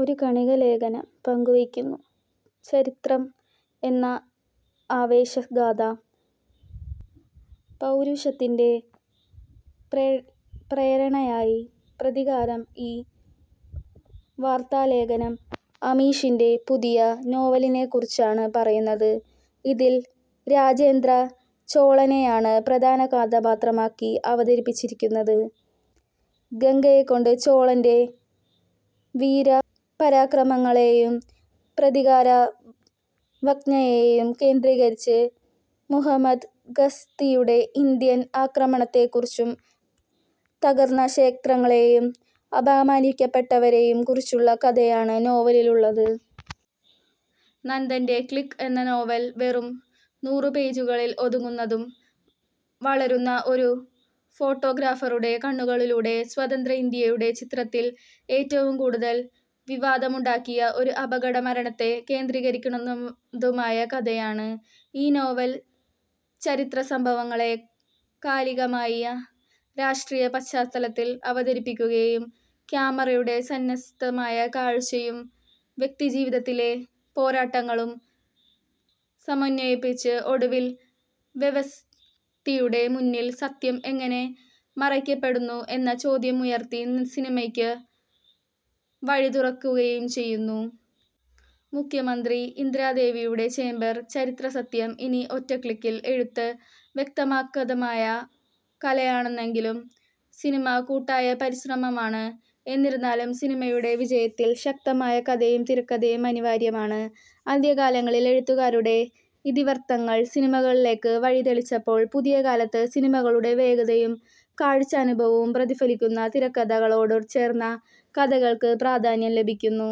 ഒരു കണിക ലേഖനം പങ്കുവെക്കുന്നു. ചരിത്രം എന്ന ആവേശ ഗാഥ; പൗരുഷത്തിന്റെ പ്രേരണയായി പ്രതികാരം ഈ വാർത്താ ലേഖനം അമീഷിന്റെ പുതിയ നോവലിനെക്കുറിച്ചാണ് പറയുന്നത്, ഇതിൽ രാജേന്ദ്ര ചോളനെയാണ് പ്രധാന കഥാപാത്രമാക്കി അവതരിപ്പിച്ചിരിക്കുന്നത്. ഗംഗൈകൊണ്ട ചോളന്റെ വീരപരാക്രമങ്ങളെയും പ്രതികാര വാഞ്ഛയെയും കേന്ദ്രീകരിച്ച്, മുഹമ്മദ് ഗസ്‌തിയുടെ ഇന്ത്യൻ ആക്രമണത്തെക്കുറിച്ചും തകർന്ന ക്ഷേത്രങ്ങളെയും അപമാനിക്കപ്പെട്ടവരെയും കുറിച്ചുള്ള കഥയാണ് നോവലിലുള്ളത്. നന്ദൻ്റെ "ക്ലിക്ക്" എന്ന നോവൽ, വെറും നൂറു പേജുകളിൽ ഒതുങ്ങുന്നതും, വളരുന്ന ഒരു ഫോട്ടോഗ്രാഫറുടെ കണ്ണുകളിലൂടെ സ്വതന്ത്ര ഇന്ത്യയുടെ ചിത്രത്തിൽ ഏറ്റവും കൂടുതൽ വിവാദമുണ്ടാക്കിയ ഒരു അപകട മരണത്തെ കേന്ദ്രീകരിക്കുന്നതുമായ കഥയാണ്. ഈ നോവൽ, ചരിത്ര സംഭവങ്ങളെ കാലികമായ രാഷ്ട്രീയ പശ്ചാത്തലത്തിൽ അവതരിപ്പിക്കുകയും, ക്യാമറയുടെ സന്നസ്ഥമായ കാഴ്ചയും വ്യക്തിജീവിതത്തിലെ പോരാട്ടങ്ങളും സമന്വയിപ്പിച്ച്, ഒടുവിൽ വ്യവസ്ഥിതിയുടെ മുന്നിൽ സത്യം എങ്ങനെ മറയ്ക്കപ്പെടുന്നു എന്ന ചോദ്യമുയർത്തി സിനിമക്ക് വഴിതുറക്കുകയും ചെയ്യുന്നു. മുഖ്യമന്ത്രി ഇന്ദിരാദേവിയുടെ ചേംബർ; ചരിത്രസത്യം ഇനി ഒറ്റ ക്ലിക്കിൽ എഴുത്ത് വ്യക്തിഗതമായ കലയാണെങ്കിലും സിനിമ കൂട്ടായ പരിശ്രമമാണ്, എന്നിരുന്നാലും സിനിമയുടെ വിജയത്തിന് ശക്തമായ കഥയും തിരക്കഥയും അനിവാര്യമാണ്. ആദ്യകാലങ്ങളിൽ എഴുത്തുകാരുടെ ഇതിവൃത്തങ്ങൾ സിനിമകളിലേക്ക് വഴി തെളിയിച്ചപ്പോൾ, പുതിയ കാലത്ത് സിനിമയുടെ വേഗതയും കാഴ്ചാനുഭവവും പ്രതിഫലിക്കുന്ന തിരക്കഥകളോട് ചേർന്ന കഥകൾക്ക് പ്രാധാന്യം ലഭിക്കുന്നു.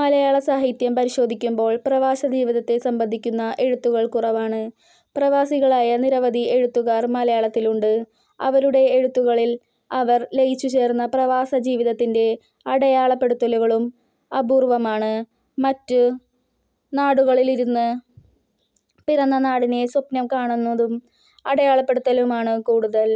മലയാള സാഹിത്യം പരിശോധിക്കുമ്പോൾ പ്രവാസജീവിതത്തെ സംബന്ധിക്കുന്ന എഴുത്തുകൾ കുറവാണ്. പ്രവാസികളായ നിരവധി എഴുത്തുകാർ മലയാളത്തിലുണ്ട്. അവരുടെ എഴുത്തുകളിൽ അവർ ലയിച്ചുചേർന്ന പ്രവാസജീവിതത്തിന്റെ അടയാളപ്പെടുത്തലുകളും അപൂർവ്വമാണ്. മറ്റു നാടുകളിലിരുന്നും പിറന്ന നാടിനെ സ്വപ്നം കാണാനും അടയാളപ്പെടുത്തലുമാണ് കൂടുതൽ।